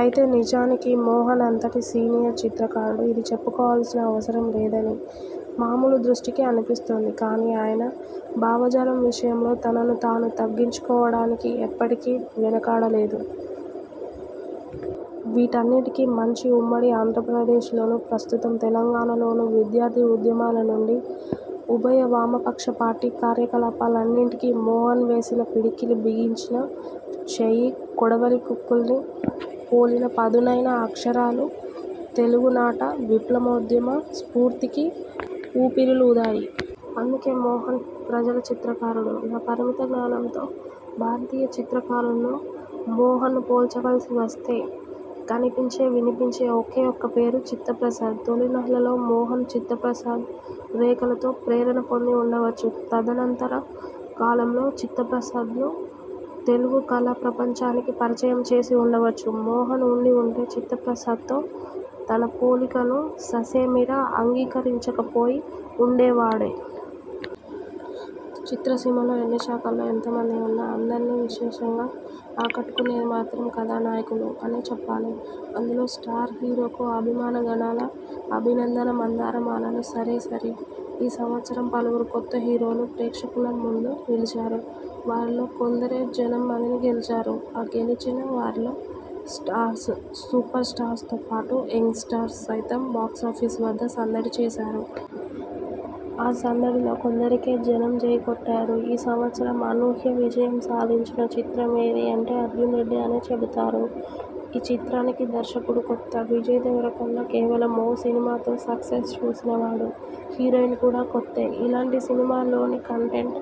అయితే నిజానికి మోహన్ అంతటి సీనియర్ చిత్రకారుడు ఇది చెప్పుకోవలసిన అవసరం లేదని మామూలు దృష్టికి అనిపిస్తుంది కానీ, ఆయన భావజాలం విషయంలో తనను తాను తగ్గించుకోవడానికి ఎప్పటికీ వెనుకాడలేదు. వీటన్నింటికీ మించి ఉమ్మడి ఆంధ్రప్రదేశ్లోనూ, ప్రస్తుతం తెలంగాణలోనూ విద్యార్థి ఉద్యమాల నుంచి, ఉభయ వామపక్ష పార్టీ కార్యకలాపాలన్నింటికీ మోహన్ వేసిన పిడికిలి బిగించిన చెయ్యి, కొడవలి కక్కుల్ని పోలిన పదునైన అక్షరాలు తెలుగునాట విప్లవోద్యమ స్ఫూర్తికి ఊపిరులూదాయి. అందుకే మోహన్ ప్రజల చిత్రకారుడు. నా పరిమిత జ్ఞానంలో భారతీయ చిత్రకారులతో మోహన్ను పోల్చవలసి వస్తే కనిపించే, వినిపించే ఒకే ఒక పేరు చిత్త ప్రసాద్. తొలినాళ్లలో మోహన్ చిత్తప్రసాద్ రేఖలతో ప్రేరణ పొంది వుండవచ్చు, తదనంతర కాలంలో చిత్తప్రసాద్ను తెలుగు కళా ప్రపంచానికి పరిచయం చేసి వుండవచ్చు, మోహన్ వుండి వుంటే చిత్తప్రసాద్తో తన పోలికను ససేమిరా అంగీకరించకపోయి వుండేవాడే! చిత్రసీమలో ఎన్ని శాఖల్లో ఎంతమంది ఉన్నా, అందరినీ విశేషంగా ఆకట్టుకొనేది మాత్రం కథానాయకులు అనే చెప్పాలి. అందులో స్టార్ హీరోస్కు అభిమానగణాల అభినందన మందారమాలలు సరేసరి. ఈ సంవత్సరం పలువురు కొత్త హీరోలు ప్రేక్షకుల ముందు నిలిచారు. వారిలో కొందరే జనం మదిని గెలిచారు. ఆ గెలిచిన వారిలో స్టార్స్, సూపర్ స్టార్స్తో పాటు యంగ్ స్టార్స్ సైతం బాక్సాఫీస్ వద్ద సందడి చేశారు. ఆ సందడిలో కొందరికే జనం జై కొట్టారు. ఈ సంవత్సరం అనూహ్య విజయం సాధించిన చిత్రం ఏది అంటే 'అర్జున్ రెడ్డి' అనే చెబుతారు. ఈ చిత్రానికి దర్శకుడు కొత్త, విజయ్ దేవరకొండ కేవలం ఓ సినిమాతో సక్సెస్ చూసినవాడు, హీరోయిన్ కూడా కొత్తే- ఇలాంటి సినిమాలోని కంటెంట్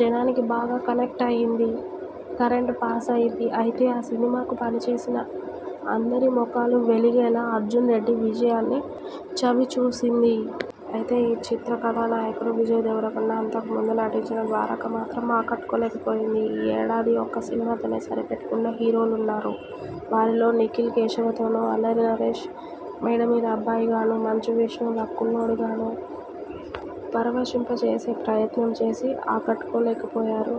జనానికి బాగా కనెక్ట్ అయింది- కరెంట్ పాస్ అయింది- అంతే ఆ సినిమాకు పనిచేసిన అందరి ముఖాలు వెలిగేలా 'అర్జున్ రెడ్డి' విజయాన్ని చవిచూసింది. అయితే ఈ చిత్ర కథానాయకుడు విజయ్ దేవరకొండ అంతకుముందు నటించిన 'ద్వారక' మాత్రం ఆకట్టుకోలేకపోయింది. ఈ యేడాది ఒక్క సినిమాతోనే సరిపెట్టుకున్న హీరోలున్నారు. వారిలో నిఖిల్ 'కేశవ'తోనూ, అల్లరినరేశ్ 'మేడమీద అబ్బాయి'గానూ, మంచు విష్ణు 'లక్కున్నోడు'గానూ పరవశింప చేసే ప్రయత్నం చేసి ఆకట్టుకోలేకపోయారు.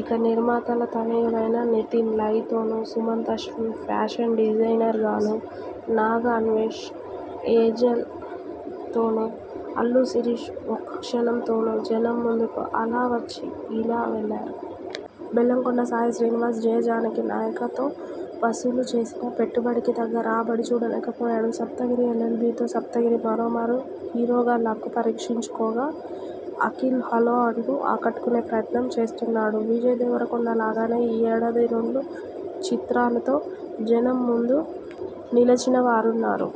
ఇక నిర్మాతల తనయులైన నితిన్ 'లై'తోనూ, సుమంత్ అశ్విన్ 'ఫ్యాషన్ డిజైనర్'గానూ, నాగ అన్వేష్ 'ఏంజెల్'తోనూ, అల్లు శిరీష్ 'ఒక్క క్షణం'తోనూ జనం ముందుకు అలా వచ్చి ఇలా వెళ్ళారు. బెల్లంకొండ సాయిశ్రీనివాస్ 'జయ జానకి నాయక'తో వసూళ్ళు చూసినా, పెట్టుబడికి తగ్గ రాబడి చూడలేకపోయాడు. 'సప్తగిరి ఎల్. ఎల్. బి'తో సప్తగిరి మరోమారు హీరోగా లక్కు పరీక్షించుకుకోగా అఖిల్ 'హలో' అంటూ ఆకట్టుకొనే ప్రయత్నం చేస్తున్నాడు. విజయ్ దేవరకొండలాగే ఈ ఏడాది రెండు చిత్రాలతో జనం ముందు నిలచినవారున్నారు.